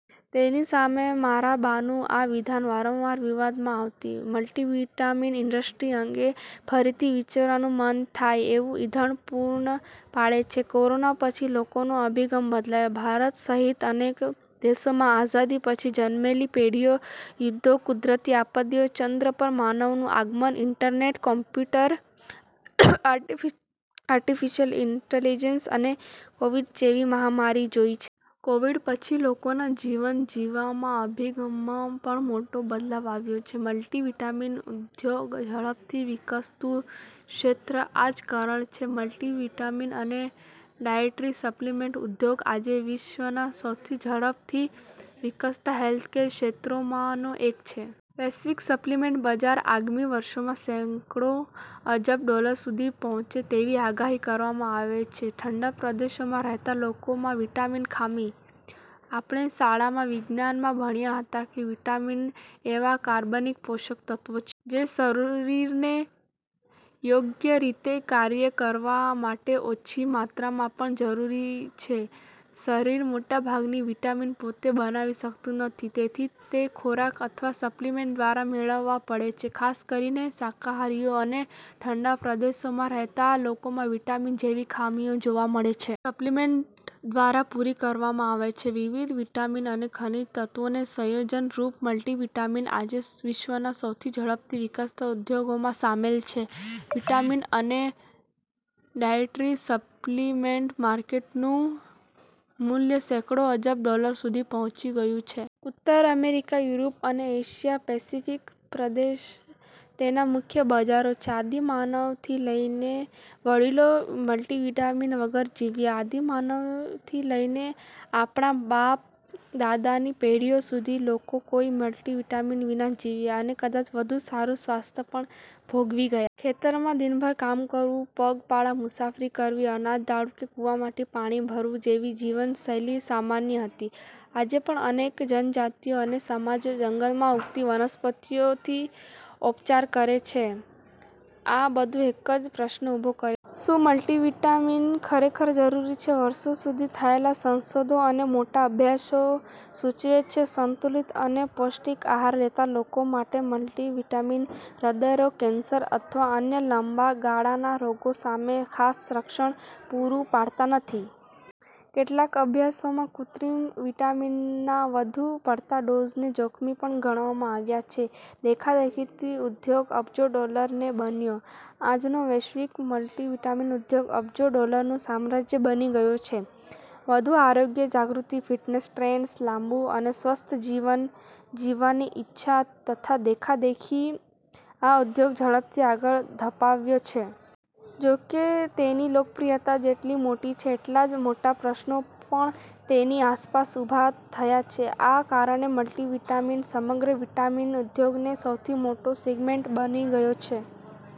તેની સામે મારા બાનું આ વિધાન વારંવાર વિવાદમાં આવતી. મલ્ટિવિટામીન ઇન્ડસ્ટ્રી અંગે ફરીથી વિચારવાનું મન થાય એવું ઇંધણ પૂરું પાડે છે. કોરોના પછી લોકોનો અભિગમ બદલાયો. ભારત સહિત અનેક દેશોમાં આઝાદી પછી જન્મેલી પેઢીએ યુદ્ધો, કુદરતી આપત્તિઓ, ચંદ્ર પર માનવનું આગમન, ઇન્ટરનેટ, કોમ્પ્યુટર, આર્ટિફિશિયલ ઇન્ટેલિજન્સ અને કોવિડ જેવી મહામારી જોઇ છે. કોવિડ પછી લોકોના જીવન જીવવાના અભિગમમાં પણ મોટો બદલાવ આવ્યો છે. મલ્ટિવિટામીન ઉદ્યોગ ઝડપથી વિકસતું ક્ષેત્રનું આ જ કારણ છે કે મલ્ટિવિટામીન અને ડાયટરી સપ્લિમેન્ટ ઉદ્યોગ આજે વિશ્વના સૌથી ઝડપથી વિકસતા હેલ્થકેર ક્ષેત્રોમાંનો એક છે. વૈશ્વિક સપ્લિમેન્ટ બજાર આગામી વર્ષોમાં સેંકડો અબજ ડોલર સુધી પહોંચે તેવી આગાહી કરવામાં આવે છે. ઠંડા પ્રદેશોમાં રહેતા લોકોમાં વિટામીન ખામી. આપણે શાળામાં વિજ્ઞાનમાં ભણ્યા હતા કે વિટામિન એવા કાર્બનિક પોષક તત્વો છે. જે શરીરને યોગ્ય રીતે કાર્ય કરવા માટે ઓછી માત્રામાં પણ જરૂરી હોય છે. શરીર મોટાભાગના વિટામિન પોતે બનાવી શકતું નથી, તેથી તે ખોરાક અથવા સપ્લિમેન્ટ્સ દ્વારા મેળવવા પડે છે. ખાસ કરીને શાકાહારીઓ અને ઠંડા પ્રદેશોમાં રહેતા લોકોમાં વિટામિન જેવી ખામીઓ જોવા મળે છે. જે સપ્લિમેન્ટ દ્વારા પૂરી કરવામાં આવે છે. વિવિધ વિટામિન અને ખનિજ તત્વોના સંયોજનરૂપ મલ્ટિવિટામીન આજે વિશ્વના સૌથી ઝડપથી વિકસતા ઉદ્યોગોમાં સામેલ છે. વિટામિન અને ડાયટરી સપ્લિમેન્ટ માર્કેટનું મૂલ્ય સેંકડો અબજ ડોલર સુધી પહોંચી ગયું છે. ઉત્તર અમેરિકા, યુરોપ અને એશિયા-પેસિફિક પ્રદેશ તેના મુખ્ય બજારો છે. આદિમાનવથી લઇને વડીલો મલ્ટિવિટામીન વગર જીવ્યા, આદિમાનવથી લઈને આપણા બા-દાદાની પેઢી સુધીના લોકો કોઈ મલ્ટિવિટામીન વિના જીવ્યા, અને કદાચ વધુ સારું સ્વાસ્થ્ય પણ ભોગવી ગયા. ખેતરમાં દિવસભર કામ કરવું, પગપાળા મુસાફરી કરવી, અનાજ દળવું કે કૂવામાંથી પાણી ભરવું જેવી જીવનશૈલી સામાન્ય હતી. આજે પણ અનેક જનજાતિઓ અને સમાજો જંગલમાં ઉગતી વનસ્પતિઓથી ઉપચાર કરે છે. આ બધું એક જ પ્રશ્ન ઊભો કરે છે. શું મલ્ટિવિટામીન ખરેખર જરૂરી છે? વર્ષો સુધી થયેલા સંશોધનો અને મોટા અભ્યાસો સૂચવે છે કે, સંતુલિત અને પૌષ્ટિક આહાર લેતા લોકો માટે મલ્ટિવિટામીન હૃદયરોગ, કેન્સર અથવા અન્ય લાંબા ગાળાના રોગો સામે ખાસ રક્ષણ પૂરું પાડતા નથી. કેટલાક અભ્યાસોમાં તો કૃત્રિમ વિટામિનના વધુ પડતા ડોઝને જોખમી પણ ગણાવવામાં આવ્યા છે. દેખાદેખીથી ઉદ્યોગ અબજો ડોલરનો બન્યો. આજનો વૈશ્વિક મલ્ટિવિટામીન ઉદ્યોગ અબજો ડોલરનું સામ્રાજ્ય બની ગયો છે. વધતી આરોગ્ય જાગૃતિ, ફિટનેસ ટ્રેન્ડ્સ, લાંબું અને સ્વસ્થ જીવન જીવવાની ઇચ્છા તથા દેખાદેખીએ આ ઉદ્યોગને ઝડપથી આગળ ધપાવ્યો છે. જોકે, તેની લોકપ્રિયતા જેટલી મોટી છે એટલા જ મોટા પ્રશ્નો પણ તેની આસપાસ ઉભા થયા છે. આ કારણે મલ્ટિવિટામીન સમગ્ર વિટામિન ઉદ્યોગનો સૌથી મોટો સેગમેન્ટ બની ગયો છે.